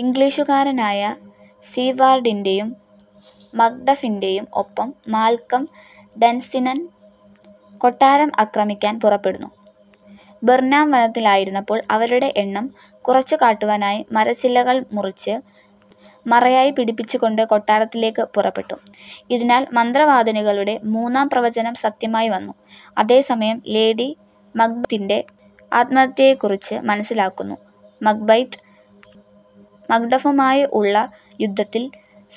ഇംഗ്ലിഷുകാരനായ സീവാർഡിന്റെയും മക്ഡഫിന്റെയും ഒപ്പം Malcolm Dunsinane കൊട്ടാരം അക്രമിക്കാൻ പുറപ്പെടുന്നു. ബിർനാം വനത്തിലായിരുന്നപ്പോൾ അവരുടെ എണ്ണം കുറച്ചുകാട്ടുവാനായി മരച്ചില്ലികൾ മുറിച്ച് മറയായിപ്പിടിച്ചുകൊണ്ട് കൊട്ടാരത്തിലേക്ക് പുറപ്പെട്ടു. ഇതിനാൽ മന്ത്രവാദിനികളുടെ മൂന്നാം പ്രവചനം സത്യമായി വന്നു. അതേസമയം ലേഡി മക്ബെത്തിന്റെ ആത്മഹത്യയെക്കുറിച്ച് മനസ്സിലാക്കുന്നു മക്ബെത്. മക്ഡഫുമായി ഉള്ള യുദ്ധത്തിൽ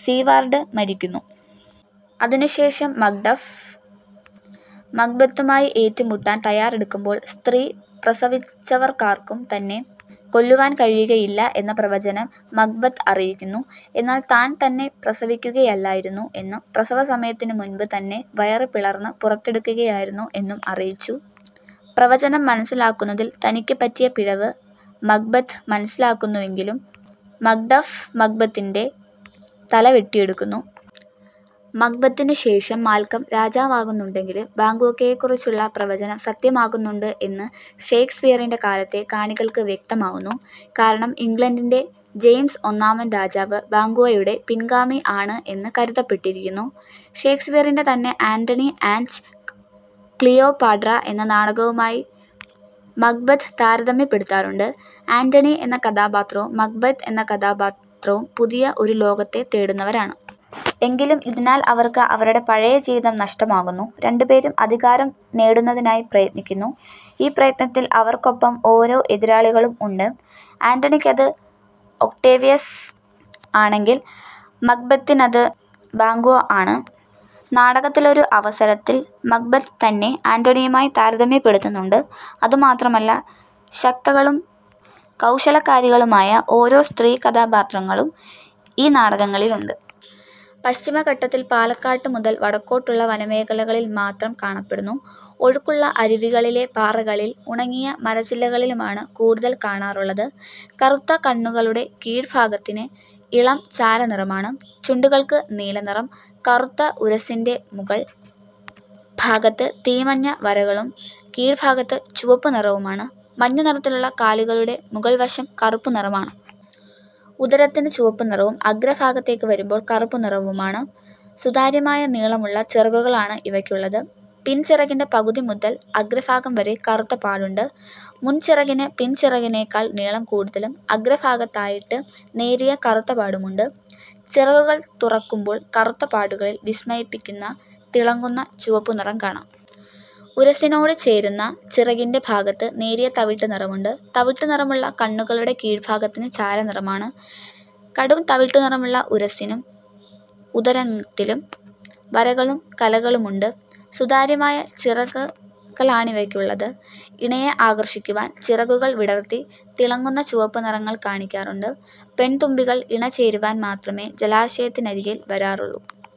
സീവാർഡ് മരിക്കുന്നു. അതിനുശേഷം മക്ഡഫ് മക്ബെത്തുമായി ഏറ്റുമുട്ടാൻ തയ്യാറെടുക്കുമ്പോൾ സ്ത്രീ പ്രസവിച്ചവർക്കാർക്കും തന്നെ കൊല്ലുവാൻ കഴിയുകയില്ല എന്ന പ്രവചനം മക്ബെത്ത് അറിയിക്കുന്നു. എന്നാൽ താൻ തന്നെ പ്രസവിക്കുകയല്ലായിരുന്നു എന്നും, പ്രസവസമയത്തിനു മുൻപ് തന്നെ വയറ് പിളർന്ന് പുറത്തെടുക്കുകയായിരുന്നു എന്നും അറിയിച്ചു. പ്രവചനം മനസ്സിലാക്കുന്നതിൽ തനിക്കു പറ്റിയ പിഴവ് മക്ബെത്ത് മനസ്സിലാക്കുന്നുവെങ്കിലും മക്ഡഫ് മക്ബെത്തിന്റെ തല വെട്ടിയെടുക്കുന്നു. മക്ബെത്തിന് ശേഷം മാൽക്കം രാജാവാകുന്നുണ്ടെങ്കിലും ബാങ്ക്വോയെക്കുറിച്ചുള്ള പ്രവചനം സത്യമാകുന്നുണ്ട് എന്ന് ഷെയ്ക്സ്പിയറിന്റെ കാലത്തെ കാണികൾക്ക് വ്യക്തമാവുന്നു. കാരണം ഇംഗ്ലണ്ടിന്റെ ജെയിംസ് ഒന്നാമൻ രാജാവ് ബാങ്ക്വോയുടെ പിൻഗാമി ആണ് എന്ന് കരുതപ്പെട്ടിരിക്കുന്നു. ഷേക്സ്പിയറിന്റെ തന്നെ ആന്റണി ആന്റ് ക്ലിയോപാട്ര എന്ന നാടകവുമായി മക്ബെത്ത് താരതമ്യപ്പെടുത്താറൂണ്ട്. ആന്റണി എന്ന കഥാപാത്രവും മക്ബെത്ത് എന്ന കഥാപാത്രവും പുതിയ ഒരു ലോകത്തെ തേടുന്നവരാണ്. എങ്കിലും ഇതിനാൽ അവർക്ക് അവരുടെ പഴയ ജീവിതം നഷ്ടമാകുന്നു. രണ്ടുപേരും അധികാരം നേടുന്നതിനായി പ്രയത്നിക്കുന്നു. ഈ പ്രയത്നത്തിൽ ഇവർക്കൊപ്പം ഓരോ എതിരാളികളും ഉണ്ട്. അന്റണിക്കത് ഒക്ടേവിയസ് ആണെങ്കിൽ മക്ബെത്തിനത് ബാങ്ക്വോ ആണ്. നാടകത്തിലൊരു അവസരത്തിൽ മക്ബെത്ത് തന്നെ ആന്റണിയുമായി താരതമ്യപ്പെടുത്തുന്നുണ്ട്. അതുമാത്രമല്ല ശക്തകളും കൗശലക്കാരികളുമായ ഓരോ സ്ത്രീ കഥാപാത്രങ്ങലും ഈ നാടകങ്ങളിലുണ്ട്. പശ്ചിമഘട്ടത്തിൽ പാലക്കാട്ട് മുതൽ വടക്കോട്ടുള്ള വനമേഖലകളിൽ മാത്രം കാണപ്പെടുന്നു. ഒഴുക്കുള്ള അരുവികളിലെ പാറകളിലും ഉണങ്ങിയ മരച്ചില്ലകളിലുമാണ് കൂടുതൽ കാണാറുള്ളത്. കറുത്ത കണ്ണുകളുടെ കീഴ്ഭാഗത്തിന് ഇളം ചാരനിറമാണ്. ചുണ്ടുകൾക്ക് നീല നിറം. കറുത്ത ഉരസ്സിന്റെ മുകൾ ഭാഗത്ത് തീമഞ്ഞ വരകളും കീഴ്ഭാഗത്ത് ചുവപ്പ് നിറവുമാണ്. മഞ്ഞ നിറത്തിലുള്ള കാലുകളുടെ മുകൾ വശം കറുപ്പ് നിറമാണ്. ഉദരത്തിനു ചുവപ്പ് നിറവും അഗ്രഭാഗത്തേക്ക് വരുമ്പോൾ കറുപ്പു നിറവുമാണ്. സുതാര്യമായ നീളമുള്ള ചിറകുകളാണ് ഇവയ്ക്കുള്ളത്. പിൻ ചിറകിന്റെ പകുതി മുതൽ അഗ്രഭാഗം വരെ കറുത്ത പാടുണ്ട്. മുൻ ചിറകിന് പിൻ ചിറകിനേക്കാൾ നീളം കൂടുതലും അഗ്രഭാഗത്തായിട്ട് നേരിയ കറുത്ത പാടുമുണ്ട്. ചിറകുകൾ തുറക്കുമ്പോൾ കറുത്ത പാടുകളിൽ വിസ്മയിപ്പിക്കുന്ന തിളങ്ങുന്ന ചുവപ്പു നിറം കാണാം. ഉരസ്സിനോട് ചേരുന്ന ചിറകിന്റെ ഭാഗത്ത് നേരിയ തവിട്ട് നിറമുണ്ട്. തവിട്ടു നിറമുള്ള കണ്ണുകളുടെ കീഴ്ഭാഗത്തിന് ചാരനിറമാണ്. കടും തവിട്ടു നിറമുള്ള ഉരസ്സിലും ഉദരത്തിലും വരകളും കലകളുമുണ്ട്. സുതാര്യമായ ചിറകുകളാണിവയ്ക്കുള്ളത്. ഇണയെ ആകർഷിക്കുവാൻ ചിറകുകൾ വിടർത്തി തിളങ്ങുന്ന ചുവപ്പ് നിറങ്ങൾ കാണിക്കാറുണ്ട്. പെൺതുമ്പികൾ ഇണ ചേരുവാൻ മാത്രമേ ജലാശയത്തിനരികിൽ വരാറുള്ളു.